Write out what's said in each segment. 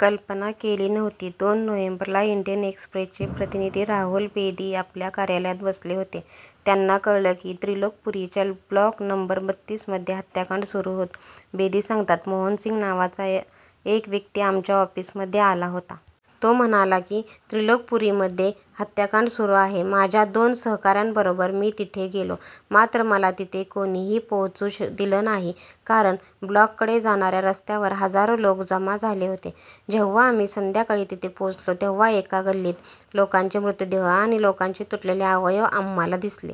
कल्पना केली नव्हती. दोन नोव्हेंबरला इंडियन एक्सप्रेसचे प्रतिनिधी राहुल बेदी आपल्या कार्यालयात बसले होते. त्यांना कळलं की त्रिलोकपुरीच्या ब्लॉक नंबर बत्तीसमध्ये हत्याकांड सुरू होतं. बेदी सांगतात, मोहन सिंग नावाचा एक व्यक्ती आमच्या ऑफिसमध्ये आला होता. तो म्हणाला की त्रिलोकपुरीमध्ये हत्याकांड सुरू आहे. माझ्या दोन सहकाऱ्यांबरोबर मी तिथे गेलो. मात्र मला तिथे कोणीही पोहोचू दिलं नाही. कारण ब्लॉककडे जाणाऱ्या रस्त्यावर हजारो लोक जमा झाले होते. जेव्हा आम्ही संध्याकाळी तिथे पोहोचलो तेव्हा एका गल्लीत लोकांचे मृतदेह आणि लोकांचे तुटलेले अवयव आम्हाला दिसलं.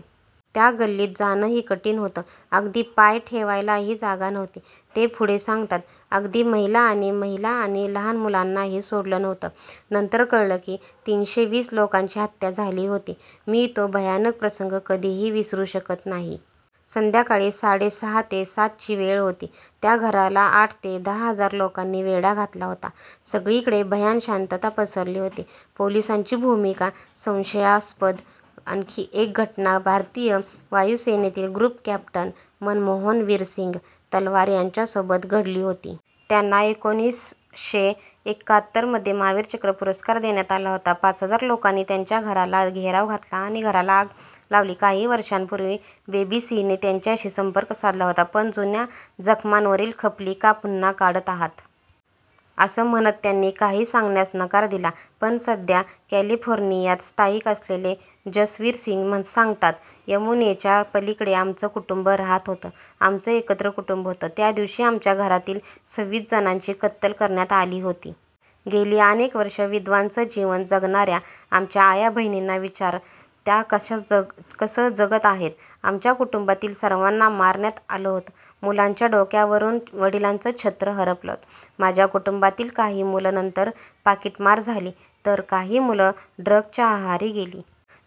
त्या गल्लीत जाणंही कठीण होतं. अगदी पाय ठेवायलाही जागा नव्हती. ते पुढे सांगतात, अगदी महिला आणि महिला आणि लहान मुलांनाही सोडलं नव्हतं. नंतर कळलं की तीनशे वीस लोकांची हत्या झाली होती. मी तो भयानक प्रसंग कधीही विसरू शकत नाही. संध्याकाळी साडेसहा ते सातची वेळ होती. त्या घराला आठ ते दहा हजार लोकांनी वेढा घातला होता. सगळीकडे भयान शांतता पसरली होती. पोलिसांची भूमिका संशयास्पद आणखी एक घटना भारतीय वायुसेनेतील ग्रुप कॅप्टन मनमोहन वीरसिंग तलवार यांच्यासोबत घडली होती. त्यांना एकोणीसशे एकाहत्तरमध्ये महावीर चक्र पुरस्कार देण्यात आला होता. पाच हजार लोकांनी त्यांच्या घराला घेराव घातला आणि घराला आग लावली. काही वर्षांपूर्वी बीबीसीने त्यांच्याशी संपर्क साधला होता. पण जुन्या जखमांवरील खपली का पुन्हा काढत आहात? असं म्हणत त्यांनी काही सांगण्यास नकार दिला. पण सध्या कॅलिफोर्नियात स्थायिक असलेले जसवीर सिंग सांगतात, यमुनेच्या पलीकडे आमचं कुटुंब राहात होतं. आमचं एकत्र कुटुंब होतं. त्या दिवशी आमच्या घरातील सव्वीस जणांची कत्तल करण्यात आली होती. गेली अनेक वर्षं विधवांचं जीवन जगणाऱ्या आमच्या आयाबहिणींना विचार त्या कसं जगत आहेत? आमच्या कुटुंबातील सर्वांना मारण्यात आलं होतं. मुलांच्या डोक्यावरून वडिलांचं छत्र हरपलं होतं. माझ्या कुटुंबातील काही मुलं नंतर पाकीटमार झाली तर काही मुलं ड्रग्जच्या आहारी गेली.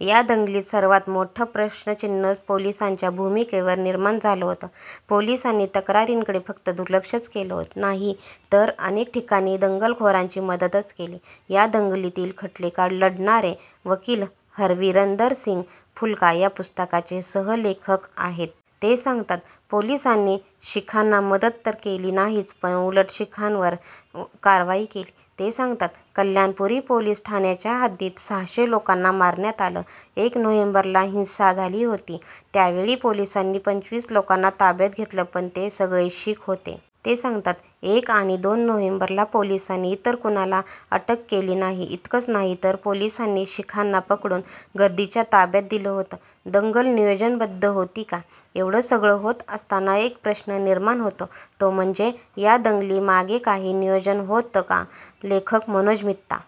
या दंगलीत सर्वांत मोठं प्रश्नचिन्ह पोलिसांच्या भूमिकेवर निर्माण झालं होतं. पोलिसांनी तक्रारींकडे फक्त दुलर्क्षचं केलं नाही तर अनेक ठिकाणी दंगलखोरांची मदतच केली. या दंगलीतील खटले लढणारे वकील हरविंदर सिंग फुल्का या पुस्तकाचे सहलेखक आहेत. ते सांगतात, पोलिसांनी शिखांना मदत तर केली नाहीच पण उलट शिखांवरच कारवाई केली. ते सांगतात, कल्याणपुरी पोलीस ठाण्याच्या हद्दीत सहाशे लोकांना मारण्यात आलं. एक नोव्हेंबरला हिंसा झाली होती. त्यावेळी पोलिसांनी पंचवीस लोकांना ताब्यात घेतलं पण ते सगळे शीख होते. ते सांगतात, एक आणि दोन नोव्हेंबरला पोलिसांनी इतर कुणाला अटक केली नाही. इतकंच नाही तर पोलिसांनी शिखांना पकडून गर्दीच्या ताब्यात दिलं होतं. दंगल नियोजनबद्ध होती का? एवढं सगळं होत असताना एक प्रश्न निर्माण होतो तो म्हणजे या दंगली मागे काही नियोजन होतं का? लेखक मनोज मित्ता